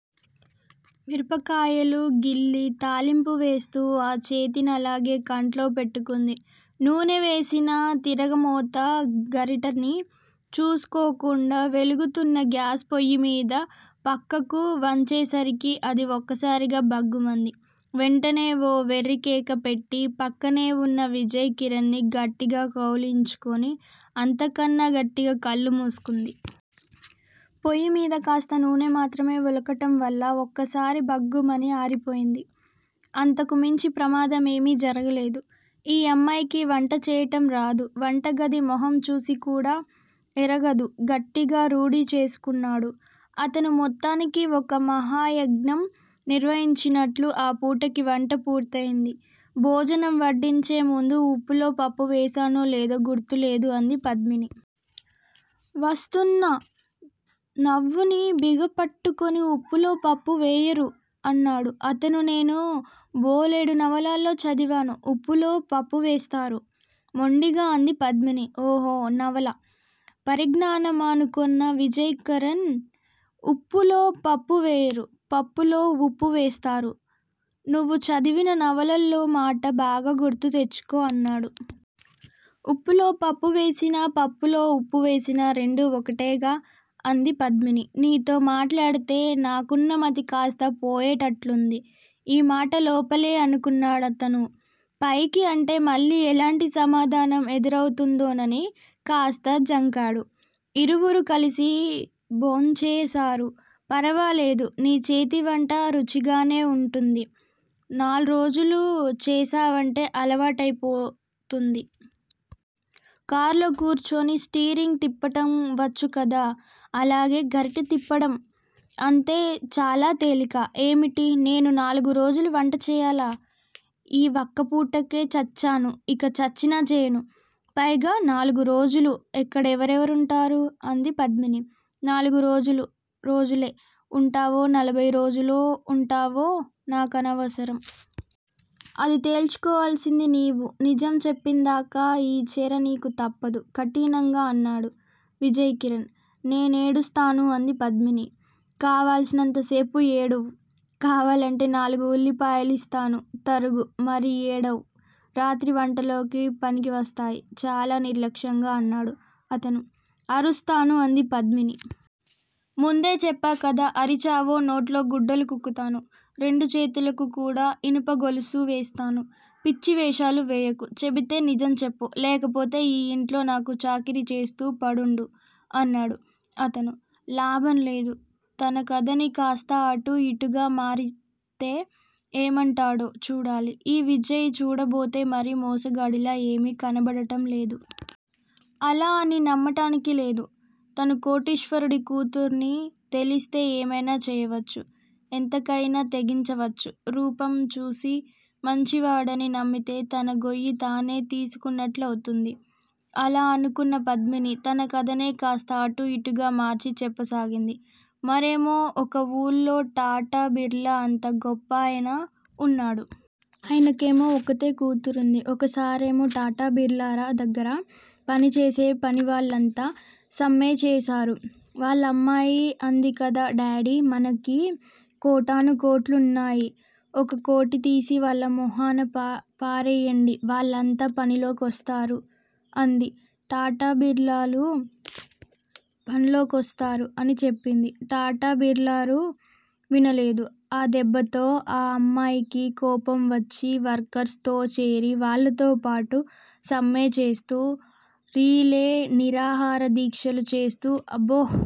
మిరపకాయలు గిల్లి తాలింపు వేస్తూ ఆ చేతినలాగే కంట్లో పెట్టుకుంది. నూనె వేసిన తిరగమోత గరిటని చూసుకోకుండా వెలుగుతున్న గ్యాస్ పొయ్యిమీద పక్కకు వంచేసరికి అది ఒక్కసారిగా భగ్గుమంది. వెంటనే ఓ వెర్రికేక పెట్టి పక్కనేవున్న విజయ్ కిరణ్ ని గట్టిగా కౌగిలించుకుని అంతకన్నా గట్టిగా కళ్ళు మూసుకుంది. పొయ్యిమీద కాస్త నూనె మాత్రమే వొలకటంవల్ల ఒక్కసారి భగ్గుమని ఆరిపోయింది. అంతకు మించి ప్రమాదమేమీ జరగలేదు. ఈ అమ్మాయికి వంట చేయటంరాదు. వంటగది మొహం చూసికూడా ఎరగదు గట్టిగా రూఢీ చేసుకున్నాడు అతను. మొత్తానికి ఒక మహాయజ్ఞం నిర్వహించినట్లు ఆ పూటకి వంట పూర్తయింది. భోజనం వడ్డించే ముందు ఉప్పులో పప్పు వేశానో లేదో గుర్తులేదు అంది పద్మిని. వస్తున్న నవ్వుని బిగపట్టుకుని ఉప్పులో పప్పు వేయరు అన్నాడు అతను. నేను బోలెడు నవలల్లో చదివాను. ఉప్పులో పప్పు వేస్తారు మొండిగా అంది పద్మిని. ఓహో నవలా పరిజ్ఞానమా అనుకొన్న విజయ్ కిరణ్ ఉప్పులో పప్పువేయరు. పప్పులో ఉప్పు వేస్తారు. నువ్వు చదివిన నవలల్లోమాట బాగా గుర్తుతెచ్చుకో అన్నాడు. ఉప్పులో పప్పువేసినా, పప్పులో వుప్పువేసినా రెండూ ఒకటేగా. అంది పద్మిని. నీతో మాట్లాడితే నాకున్నమతి కాస్తా పోయేటట్లుంది. ఈమాట లోపలే అనుకున్నాడతను. పైకి అంటే మళ్ళీ ఎలాంటి సమాధానం ఎదురవుతుందోనని కాస్త జంకాడు. ఇరువురూ కలిసి భోంచేశారు. ఫరవాలేదు. నీ చేతివంట రుచిగానే వుంటుంది. నాల్రోజులు చేశావంటే అలవాటయిపోతుంది. కారులో కూర్చుని స్టీరింగ్ తిప్పటం వచ్చుకదా! అలానే గరిట తిప్పటం. అంతే చాలా తేలిక. ఏమిటి? నేను నాలుగురోజులు వంటచేయాలా? ఈ వక్కపూటకే చచ్చాను. ఇక చచ్చినా చేయను. పైగా నాలుగురోజులు ఇక్కడెవరుంటారు. అంది పద్మిని. నాలుగు రోజులే వుంటావో, నలభయి రోజులో వుంటావో నాకనవసరం. అది తేల్చుకోవలసింది నీవు. నిజం చెప్పిందాకా ఈ చెర నీకు తప్పదు. కఠినంగా అన్నాడు విజయ్ కిరణ్. నేనేడుస్తాను. అంది పద్మిని. కావలసినంతసేపు ఏడువ్. కావాలంటే నాలుగు ఉల్లిపాయలిస్తాను. తరుగుతూ మరీ ఏడువ్. రాత్రి వంటలోకి పనికివస్తాయి. చాలా నిర్లక్ష్యంగా అన్నాడు అతను. అరుస్తాను. అంది పద్మిని. ముందే చెప్పాకదా! అరిచావో నోట్లో గుడ్డలు కుక్కుతాను. రెండు చేతులకు కూడా ఇనుపగొలుసు వేస్తాను. పిచ్చివేషాలు వేయకు. చెబితే నిజం చెప్పు. లేకపోతే ఈ ఇంటిలో నాకు చాకిరీచేస్తూ పడుండు. అన్నాడు అతను. లాభంలేదు. తనకధని కాస్త అటూ ఇటూగా మార్చితే ఏమంటాడో చూడాలి. ఈ విజయ్ చూడబోతే మరీ మోసగాడిలా ఏమీ కనబడటంలేదు. అలా అని నమ్మటానికి లేదు. తను కోటీశ్వరుడి కూతుర్నని తెలిస్తే ఏమైనా చేయవచ్చు, ఎంతకయినా తెగించవచ్చు. రూపంచూసి మంచివాడని నమ్మితే తన గొయ్యి తనే తీసుకున్నట్లవుతుంది. అలా అనుకున్న పద్మిని తన కథనే కాస్త అటూ ఇటూగా మార్చి చెప్పసాగింది. మరేమో! ఒక ఊళ్ళో టాటా, బిర్లా అంత గొప్పాయన ఉన్నాడు. ఆయనకేమో ఒక్కతే కూతురుంది. ఒకసారేమో టాటా, బిర్లాల దగ్గర పనిచేసే పనివాళ్ళంతా సమ్మెచేశారు. వాళ్ళమ్మాయి అందికదా డాడీ! మనకి కోటానుకోట్లున్నాయి. ఒక కోటితీసి వాళ్ళ మొహాన పారేయండి వాళ్ళంతా పనిలోకొస్తారు. అని చెప్పింది. టాటా, బిర్లాలు వినలేదు. ఆ దెబ్బతో ఆ అమ్మాయికి కోపంవచ్చి వర్కర్స్ తో చేరి వాళ్ళతోపాటు సమ్మెచేస్తూ, రిలే నిరాహారదీక్షలు చేస్తూ అబ్బో!